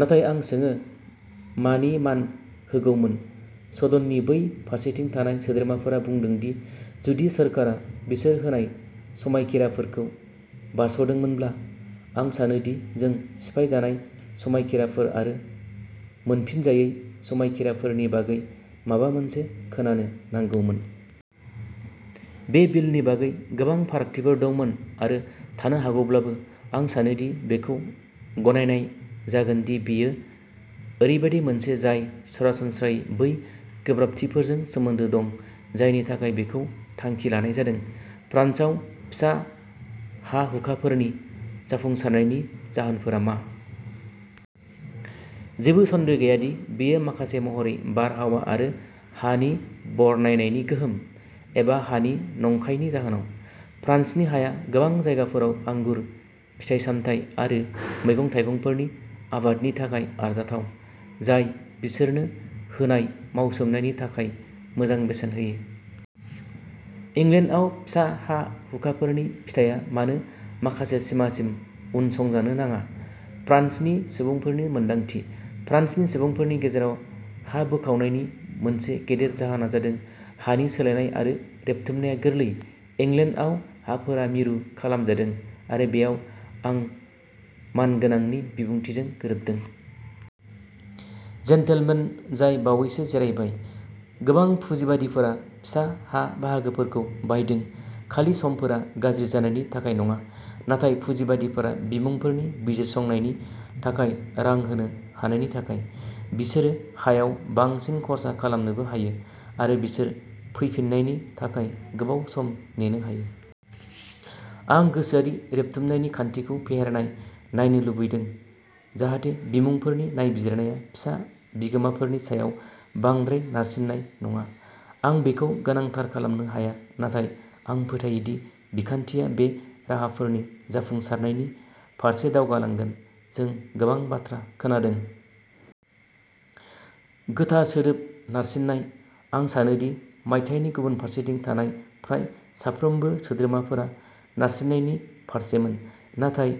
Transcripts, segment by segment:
नाथाय आं सोङो मानि मान होगौमोन। सदननि बै फारसेथिं थानाय सोद्रोमाफोरा बुंदों दि जुदि सोरखारा बिसोर होनाय समायखिराफोरखौ बारस'दोंमोनब्ला? आं सानो दि जों सिफायजानाय समायखिराफोर आरो मोनफिनजायै समायखिराफोरनि बागै माबा मोनसे खोनानो नांगौमोन। बे बिलनि बागै गोबां फारागथिफोर दंमोन आरो थानो हागौब्लाबो, आं सानो दि बेखौ गनायनाय जागोन दि बेयो ओरैबायदि मोनसे जाय सरासनस्रायै बै गोब्राबथिफोरजों सोमोन्दो दं जायनि थाखाय बेखौ थांखि लानाय जादों। फ्रान्सआव फिसा हा-हुखाफोरनि जाफुंसारनायनि जाहोनफोरा मा? जेबो सन्देह गैया दि बेयो माखासे महरै बारहावा आरो हानि बरनायनायनि गोहोम, एबा हानि नंखायनि जाहोनाव। फ्रान्सनि हाया गोबां जायगाफोराव आंगुर, फिथाइ-सामथाइ आरो मैगं-थाइगंफोरनि आबादनि थाखाय आरजाथाव, जाय बिसोरनो होनाय मावसोमनायनि थाखाय मोजां बेसेन होयो। इंलेन्डआव फिसा हा-हुखाफोरनि फिथाया मानो माखासे सिमासिम उनसंजानो नाङा। फ्रान्सनि सुबुंफोरनि मोन्दांथि? फ्रान्सनि सुबुंफोरनि गेजेराव हा बोखावनायनि मोनसे गेदेर जाहोना जादों हानि सोलायनाय आरो रेबथुमनाया गोरलै। इंलेन्डआव हाफोरा मिरु खालामजादों, आरो बेयाव आं मानगोनांनि बिबुंथिजों गोरोबदों। जेन्टलमेन जाय बावैसो जिरायबाय। गोबां पुजिबादिफोरा फिसा हा-बाहागोफोरखौ बायदों, खालि समफोरा गाज्रि जानायनि थाखाय नङा, नाथाय पुजिबादिफोरा बिमुंफोरनि बिजिरसंनायनि थाखाय रां होनो हानायनि थाखाय। बिसोरो हायाव बांसिन खर्सा खालामनोबो हायो, आरो बिसोर फैफिन्नायनि थाखाय गोबाव सम नेनो हायो। आं गोसोआरि रेबथुमनायनि खान्थिखौ फेहेरनाय नायनो लुबैदों जाहाथे बिमुंफोरनि नायबिजिरनाया फिसा बिगोमाफोरनि सायाव बांद्राय नारसिननाय नङा। आं बेखौ गोनांथार खालामनो हाया, नाथाय आं फोथायो दि बिखान्थिया बे राहाफोरनि जाफुंसारनायनि फारसे दावगालांगोन। जों गोबां बाथ्रा खोनादों। गोथार सोदोब "नारसिननाय"। आं सानो दि मायथाइनि गुबुन फारसेथिं थानाय फ्राय साफ्रोमबो सोद्रोमाफोरा नारसिननायनि फारसेमोन। नाथाय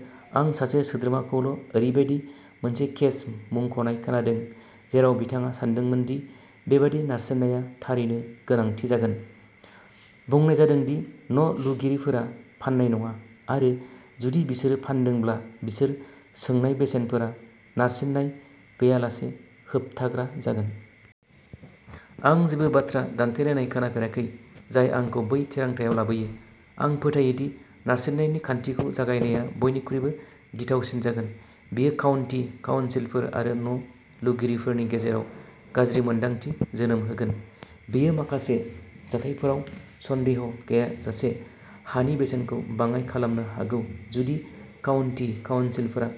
आं सासे सोद्रोमाखौल'ओरैबायदि मोनसे केस मुंख'नाय खोनादों जेराव बिथाङा सानदोंमोन दि बेबादि नारसिननाया थारैनो गोनांथि जागोन। बुंनाय जादों दि न'लुगिरिफोरा फान्नाय नङा, आरो जुदि बिसोरो फान्दोंब्ला, बिसोर सोंनाय बेसेनफोरा नारसिननाय गैयालासे होबथाग्रा जागोन। आं जेबो बाथ्रा दान्थेलायनाय खोनाफेराखै जाय आंखौ बै थिरांथायाव लाबोयो। आं फोथायो दि नारसिननायनि खान्थिखौ जागायनाया बयनिख्रुइबो गिथावसिन जागोन। बेयो काउन्टि काउन्सिलफोर आरो न'लुगिरिफोरनि गेजेराव गाज्रि मोन्दांथि जोनोम होगोन। बेयो, माखासे जाथायफोराव, सन्देह गैयाजासे हानि बेसेनखौ बाङाइ खालामनो हागौ जुदि काउन्टि काउन्सिलफोरा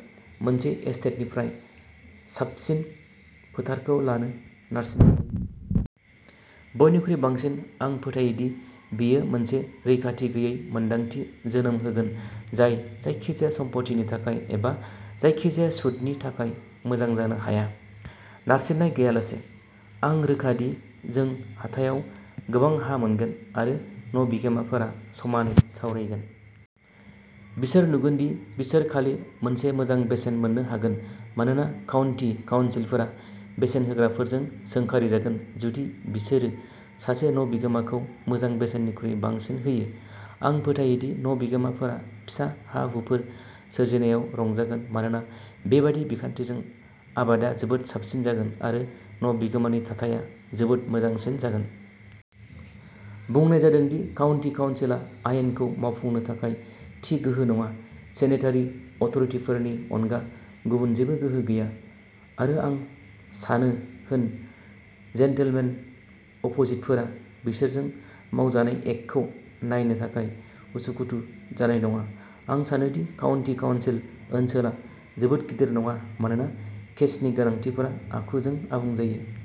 मोनसे एस्टेटनिफ्राय साबसिन फोथारखौ लानो नारसिननो। बयनिख्रुइ बांसिन, आं फोथायो दि बेयो मोनसे रैखाथि गैयै मोन्दांथि जोनोम होगोन जाय जायखिजाया सम्पथिनि थाखाय एबा जायखिजाया सुदनि थाखाय मोजां जानो हाया। नारसिननाय गैयालासे। आं रोखा दि जों हाथायाव गोबां हा मोनगोन, आरो न'बिगोमाफोरा समानै सावरायगोन। बिसोर नुगोन दि बिसोर खालि मोनसे मोजां बेसेन मोननो हागोन, मानोना काउन्टि काउन्सिलफोरा बेसेन होग्राफोरजों सोंखारिजागोन जुदि बिसोरो सासे न'बिगोमाखौ मोजां बेसेननिख्रुइ बांसिन होयो। आं फोथायो दि न'बिगोमाफोरा फिसा हा-हुफोर सोरजिनायाव रंजागोन, मानोना बेबादि बिखान्थिजों आबादा जोबोद साबसिन जागोन आरो न'बिगोमानि थाथाया जोबोद मोजांसिन जागोन। बुंनाय जादों दि काउन्टि काउन्सिलआ आयेनखौ मावफुंनो थाखाय थि गोहो नङा। सेनेटारि अथ'रिटिफोरनि अनगा गुबुन जेबो गोहो गैया, आरो आं सानो होन। जेनटेलमेन अपोजिटफोरा बिसोरजों मावजानाय एक्टखौ नायनो थाखाय उसुखुथु जानाय नङा। आं सानो दि काउन्टि काउन्सिल ओनसोला जोबोद गिदिर नङा, मानोना केसनि गोनांथिफोरा आखुजों आबुं जायो।